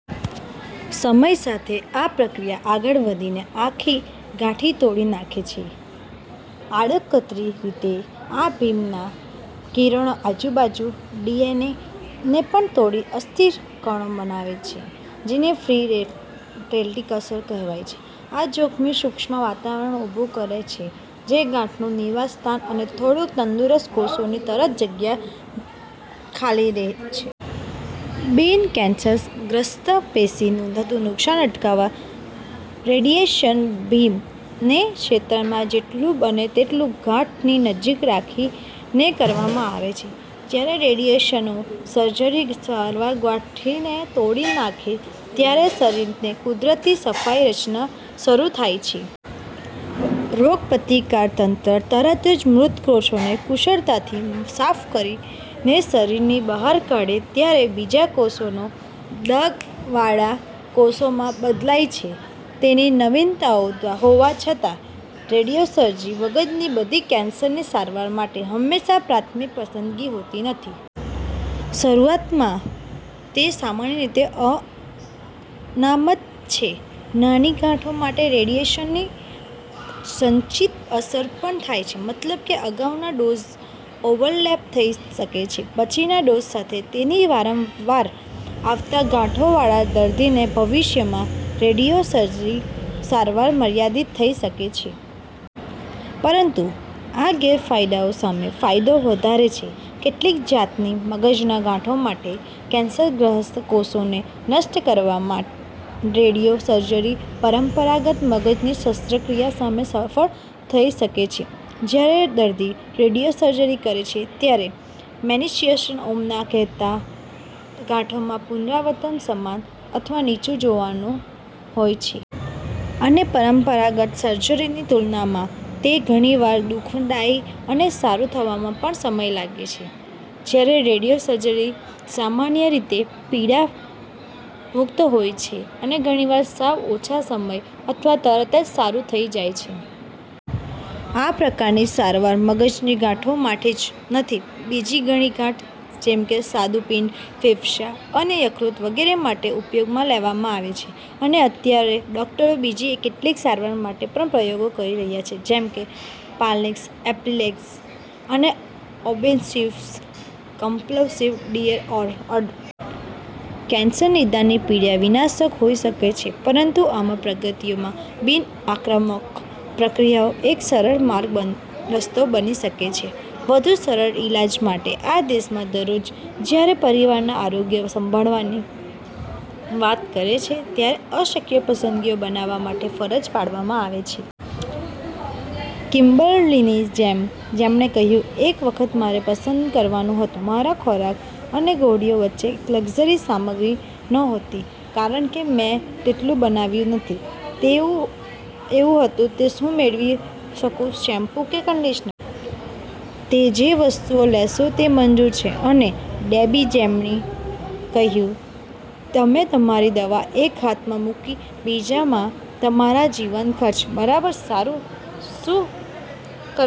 સમયસાથે, આ પ્રક્રિયા આગળ વધીને આખી ગાંઠ તોડી નાખે છે. આડકતરી રીતે, આ બીમ ના કિરણો આજુબાજુ ના ડીએનએ ને પણ તોડીને અસ્થિર કણો બનાવે છે જેને ફ્રી રેડિકલ્સ કહેવાય છે. આ જોખમી સૂક્ષ્મવાતાવરણ ઉભું કરે છે જે ગાંઠ નું નિવાસસ્થાન, અને થોડાક તંદુરસ્ત કોષો ની તરત ખાલી જગ્યારે છે. બિન-કેન્સરગ્રસ્ત પેશીને થતુ નુકશાન અટકાવા રેડીએશન બીમ ને ક્ષેત્રમા જેટલુ બને તેટલુ ગાંઠ ની નજીક રાખીને કરવામા આવે છે. જયારે રેડીઓસર્જરી સારવાર ગાંઠને તોડી નાખે, ત્યારે શરીરની કુદરતી સફાઈ રચના શરુ થાય છે. રોગપ્રતિકારક તંત્ર તરતજ મૃત કોષોને કુશળતાથી સાફ કરીને શરીરની બહાર કાઢે ત્યારે બીજા કોષો ડાઘ વાળા કોષોમા બદલાય છે. તેની નવીનતાઓ હોવા છતાં, રેડિયોસર્જરી મગજની બધી કેન્સરની સારવાર માટે હંમેશાં પ્રાથમિક પસંદગી હોતી નથી. શરૂઆત મા, તે સામાન્ય રીતે અનામત છે નાની ગાંઠો માટે. રેડિયેશન ની સંચિત અસર પણ થાય છે, મતલબ કે અગાઉના ડોઝ ઓવરલેપ થઈ શકે છે, પછીના ડોઝ સાથે. તેથી વારંવાર આવતા ગાંઠોવાળા દર્દીને ભવિષ્યમાં રેડિયોસર્જરી સારવાર મર્યાદિત થઈ શકે છે. પરંતુ આ ગેરફાયદાઓ સામે ફાયદાઓ વધારે છે. કેટલીય જાતની મગજના ગાંઠો માટે, કેન્સરગ્રસ્ત કોષોને નષ્ટ કરવામા રેડિયો સર્જરી પરંપરાગત મગજની શસ્ત્રક્રિયા સામે સફળ થઈ શકે છે. જયારે દર્દી રેડિયોસર્જરી કરે છે, ત્યારે મેનિન્જિઓમસ કહેવાતા ગાંઠોમાં, પુનરાવર્તન સમાન અથવા નીચું હોવાનું જોવા મળે છે. અને પરંપરાગત સર્જરીની તુલનામાં- તે ઘણીવાર દુઃખદાયી અને સારું થવામા પણ સમય લગાડે છે. જયારે રેડિયોસર્જરી સામાન્ય રીતે પીડા મુક્ત હોય છે, અને ઘણીવાર સાવ ઓછા સમય અથવા તરતજ સારું થઇ જાય છે. આ પ્રકારની સારવાર મગજની ગાંઠો માટે જ નથી: બીજી ઘણીગાંઠ જેમકે સ્વાદુપિંડ, ફેફસાં અને યકૃત વગેરે માટે પણ ઉપયોગમા લેવામા આવે છે. અને અત્યારે, ડોકટરો બીજી કેટલીક સારવાર માટે પણ પ્રયોગ કરી રહ્યા છે જેમકે પાર્કિન્સન્સ, એપિલેપ્સી, અને ઓબ્સેસીવ કમ્પલસિવ ડિસઑડર. કેન્સર નિદાનની પીડા વિનાશક હોઈ શકે છે, પરંતુ આમાં પ્રગતિઓ બિન-આક્રમક પ્રક્રિયાઓ એક સરળ માર્ગ રસ્તો બની શકે. વધુ સરળ ઇલાજ માટે આ દેશમાં દરરોજ, જ્યારે પરિવારોના આરોગ્ય સંભાળની વાત આવે છે ત્યારે અશક્ય પસંદગીઓ બનાવવા માટે ફરજ પાડવામાં આવે છે. કિમ્બર્લીની જેમ, જેમણે કહ્યું, "એક વખત મારે પસંદ કરવાનું હતું મારા ખોરાક અને ગોળીઓ વચ્ચે. તે લક્ઝરી સામગ્રી નહોતી, કારણ કે મેં તેટલું બનાવ્યું નથી. તે એવું હતું, 'શું હું મેળવી શકું શેમ્પૂ કે કન્ડિશનર? ' તમે જે વસ્તુઓ લેશો તે મંજૂર છે. " અને ડેબી, જેમણે કહ્યું, "તમે તમારી દવા એક હાથમાં મૂકી, બીજામાં તમારા જીવન ખર્ચ. બરાબર. સારું, હું શું કરવા